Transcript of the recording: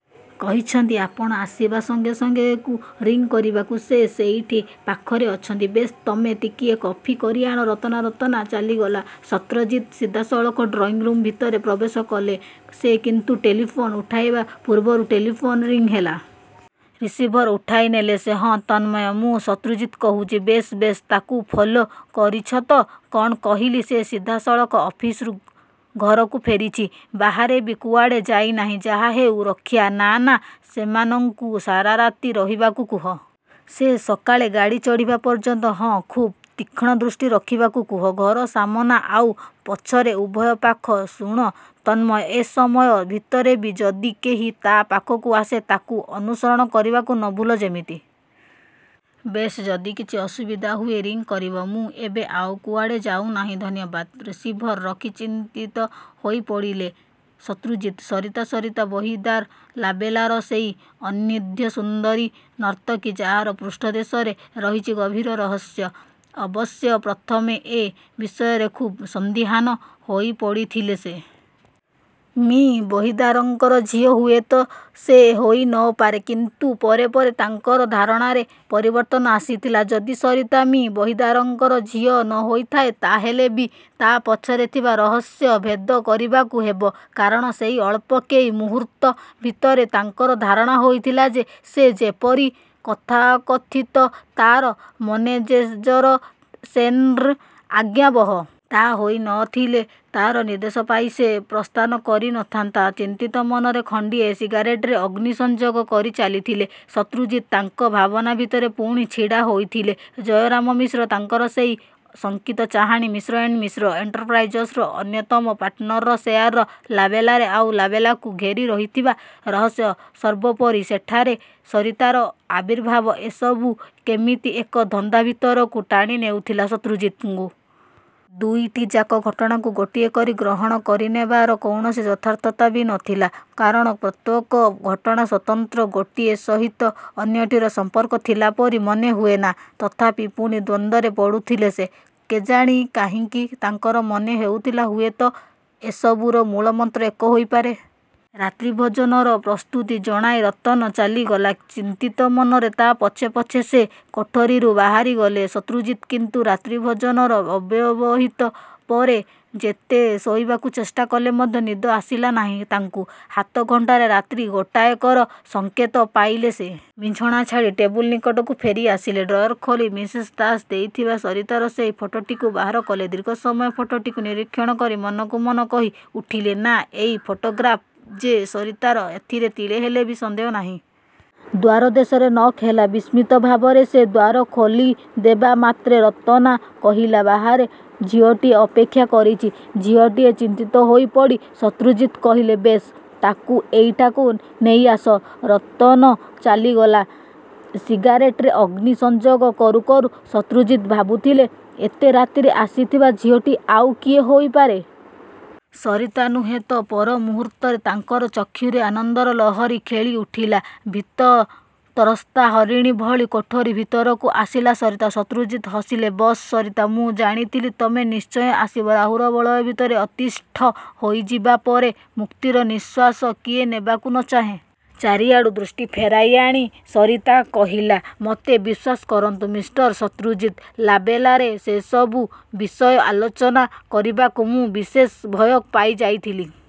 କହିଛନ୍ତି ଆପଣ ଆସିବା ସଙ୍ଗେ ସଙ୍ଗେ କୁ ରିଂ କରିବାକୁ। ସେ ସେଇଠି ପାଖରେ ଅଛନ୍ତି। ବେଶ୍, ତମେ ଟିକିଏ କଫି କରିଆଣ ରତନା ରତନା ଚାଲିଗଲା। ଶତ୍ରଜିତ୍ ସିଧାସଳଖ ଡ୍ରଇଂରୁମ୍ ଭିତରେ ପ୍ରବେଶ କଲେ। ସେ କିନ୍ତୁ ଟେଲିଫୋନ୍ ଉଠାଇବା ପୂର୍ବରୁ ଟେଲିଫୋନ୍ ରିଂ ହେଲା। ରିସିଭର ଉଠାଇନେଲେ ସେ। ହଁ, ତନ୍ମୟ, ମୁଁ ଶତ୍ରୁଜିତ୍ କହୁଛି। ବେଶ୍ ବେଶ୍, ତାକୁ ଫଲୋ କରିଛ ତ? କଣ କହିଲି? ସେ ସିଧାସଳଖ ଅଫିସରୁ ଘରକୁ ଫେରିଛି। ବାହାରେ ବି କୁଆଡ଼େ ଯାଇନାହିଁ? ଯାହାହେଉ, ରକ୍ଷା। ନା, ନା, ସେମାନଙ୍କୁ ସାରାରାତି ରହିବାକୁ କୁହ। ସେ ସକାଳେ ଗାଡ଼ି ଚଢ଼ିବା ପର୍ଯ୍ୟନ୍ତ। ହଁ, ଖୁବ୍ ତୀକ୍ଷ୍ଣ ଦୃଷ୍ଟି ରଖିବାକୁ କୁହ। ଘର ସାମନା ଆଉ ପଛରେ, ଉଭୟ ପାଖ। ଶୁଣ ତନ୍ମୟ ଏ ସମୟ ଭିତରେ ବି ଯଦି କେହି ତା' ପାଖକୁ ଆସେ, ତାକୁ ଅନୁସରଣ କରିବାକୁ ନ ଭୁଲ୍ ଯେମିତି। ବେଶ୍, ଯଦି କିଛି ଅସୁବିଧା ହୁଏ ରିଂ କରିବ। ମୁଁ ଏବେ ଆଉ କୁଆଡ଼େ ଯାଉନାହିଁ। ଧନ୍ୟବାଦ। ରିସିଭର ରଖି ଚିନ୍ତିତ ହୋଇପଡ଼ିଲେ ଶତ୍ରୁଜିତ୍। ସରିତା, ସରିତା ବହିଦାର ଲାବେଲାର ସେଇ ଅନିନ୍ଦ୍ୟସୁନ୍ଦରୀ ନର୍ତ୍ତକୀ, ଯାହାର ପୃଷ୍ଠ ଦେଶରେ ରହିଛି ଗଭୀର ରହସ୍ୟ। ଅବଶ୍ୟ ପ୍ରଥମେ ଏ ବିଷୟରେ ଖୁବ୍ ସନ୍ଦିହାନ ହୋଇପଡ଼ିଥିଲେ ସେ। ମି ବହିଦାରଙ୍କର ଝିଅ ହୁଏତ ସେ ହୋଇ ନ ପାରେ କିନ୍ତୁ ପରେ ପରେ ତାଙ୍କର ଧାରଣାରେ ପରିବର୍ତ୍ତନ ଆସିଥିଲା। ଯଦି ସରିତା ମି ବହିଦାରଙ୍କର ଝିଅ ନ ହୋଇଥାଏ ,ତା ହେଲେ ବି ତା ପଛରେ ଥିବା ରହସ୍ୟ ଭେଦ କରିବାକୁ ହେବ। କାରଣ ସେଇ ଅଳ୍ପ କେଇ ମୁହୂର୍ତ୍ତ ଭିତରେ ତାଙ୍କର ଧାରଣା ହୋଇଥିଲା, ଯେ ସେ ଯେପରି ତଥାକଥିତ ତାର ମନେଜେଜର ସେନ୍ର ଆଜ୍ଞାବହ। ତା ହୋଇ ନ ଥିଲେ ତାର ନିର୍ଦ୍ଦେଶ ପାଇ ସେ ପ୍ରସ୍ଥାନ କରି ନଥାନ୍ତା। ଚିନ୍ତିତ ମନରେ ଖଣ୍ଡିଏ ସିଗାରେଟରେ ଅଗ୍ନି ସଂଯୋଗ କରିଚାଲିଥିଲେ ଶତ୍ରୁଜିତ। ତାଙ୍କ ଭାବନା ଭିତରେ ପୁଣି ଛିଡ଼ା ହୋଇଥିଲେ ଜୟରାମ ମିଶ୍ର। ତାଙ୍କର ସେଇ ଶଙ୍କିତ ଚାହାଣି। ମିଶ୍ର ଏଣ୍ଡ୍ ମିଶ୍ର ଏଣ୍ଟରପ୍ରାଇଜର୍ସର ଅନ୍ୟତମ ପାର୍ଟନରର ସେୟାର ଲାବେଲାରେ ଆଉ ଲାବେଲାକୁ ଘେରି ରହିଥିବା ରହସ୍ୟ, ସର୍ବୋପରି ସେଠାରେ ସରିତାର ଆବିର୍ଭାବ ଏସବୁ କେମିତି ଏକ ଧନ୍ଦା ଭିତରକୁ ଟାଣିନେଉଥିଲା ଶତ୍ରୁଜିତଙ୍କୁ। ଦୁଇଟିଯାକ ଘଟଣାକୁ ଗୋଟିଏ କରି ଗ୍ରହଣ କରିନେବାର କୌଣସି ଯଥାର୍ଥତା ବି ନ ଥିଲା କାରଣ ପ୍ରତ୍ୟେକ ଘଟଣା ସ୍ୱତନ୍ତ୍ର। ଗୋଟିଏ ସହିତ ଅନ୍ୟଟିର ସଂପର୍କ ଥିଲା ପରି ମନେ ହୁଏନା। ତଥାପି ପୁଣି ଦ୍ୱନ୍ଦ୍ୱରେ ପଡ଼ୁଥିଲେ ସେ। କେଜାଣି କାହିଁକି ତାଙ୍କର ମନେ ହେଉଥିଲା ହୁଏତ ଏ ସବୁର ମୂଳମନ୍ତ୍ର ଏକ ହୋଇପାରେ। ରାତ୍ରିଭୋଜନର ପ୍ରସ୍ତୁତି ଜଣାଇ ରତନ ଚାଲିଗଲା। ଚିନ୍ତିତ ମନରେ ତା ପଛେ ପଛେ ସେ କୋଠରିରୁ ବାହାରିଗଲେ ଶତ୍ରୁଜିତ୍ କିନ୍ତୁ ରାତ୍ରିଭୋଜନର ଅବ୍ୟବହିତ ପରେ ଯେତେ ଶୋଇବାକୁ ଚେଷ୍ଟା କଲେ ମଧ୍ୟ ନିଦ ଆସିଲା ନାହିଁ ତାଙ୍କୁ। ହାତଘଣ୍ଟାରେ ରାତ୍ରି ଗୋଟାଏକର ସଙ୍କେତ ପାଇଲେ ସେ। ବିଛଣା ଛାଡ଼ି ଟେବୁଲ ନିକଟକୁ ଫେରିଆସିଲେ। ଡ୍ରୟର ଖୋଲି ମିସେସ ଦାସ ଦେଇଥିବା ସରିତାର ସେଇ ଫଟୋଟିକୁ ବାହାର କଲେ। ଦୀର୍ଘ ସମୟ ଫଟୋଟିକୁ ନିରୀକ୍ଷଣ କରି ମନକୁମନ କହି ଉଠିଲେ ନା, ଏଇ ଫଟୋଗ୍ରାଫ୍ ଯେ ସରିତାର ଏଥିରେ ତିଳେହେଲେ ବି ସନ୍ଦେହ ନାହିଁ। ଦ୍ୱାରଦେଶରେ ନକ୍ ହେଲା। ବିସ୍ମିତ ଭାବରେ ସେ ଦ୍ୱାର ଖୋଲିଦେବା ମାତ୍ରେ ରତନା କହିଲା ବାହାରେ ଝିଅଟିଏ ଅପେକ୍ଷା କରିଛି। ଝିଅଟିଏ! ଚିନ୍ତିତ ହୋଇପଡ଼ି ଶତ୍ରୁଜିତ୍ କହିଲେ ବେଶ୍, ତାକୁ ଏଇଟାକୁ ନେଇଆସ। ରତନ ଚାଲିଗଲା। ସିଗାରେଟରେ ଅଗ୍ନି ସଂଯୋଗ କରୁକରୁ ଶତ୍ରୁଜିତ୍ ଭାବୁଥିଲେ ଏତେ ରାତିରେ ଆସିଥିବା ଝିଅଟି ଆଉ କିଏ ହୋଇପାରେ? ସରିତା ନୁହେଁ ତ! ପର ମୁହୂର୍ତ୍ତରେ ତାଙ୍କର ଚକ୍ଷୁରେ ଆନନ୍ଦର ଲହରୀ ଖେଳି ଉଠିଲା। ଭୀତତ୍ରସ୍ତା ହରିଣୀ ଭଳି କୋଠରି ଭିତରକୁ ଆସିଲା ସରିତା। ଶତ୍ରୁଜିତ୍ ହସିଲେ ବସ, ସରିତା, ମୁଁ ଜାଣିଥିଲି ତମେ ନିଶ୍ଚୟ ଆସିବ। ରାହୁର ବଳୟ ଭିତରେ ଅତିଷ୍ଠ ହୋଇଯିବା ପରେ ମୁକ୍ତିର ନିଶ୍ୱାସ କିଏ ନେବାକୁ ନ ଚାହେଁ! ଚାରିଆଡ଼ୁ ଦୃଷ୍ଟି ଫେରାଇଆଣି ସରିତା କହିଲା ମୋତେ ବିଶ୍ୱାସ କରନ୍ତୁ, ମିଷ୍ଟର ଶତ୍ରୁଜିତ୍, ଲାବେଲାରେ ସେସବୁ ବିଷୟ ଆଲୋଚନା କରିବାକୁ ମୁଁ ବିଶେଷ ଭୟ ପାଇଯାଇଥିଲି।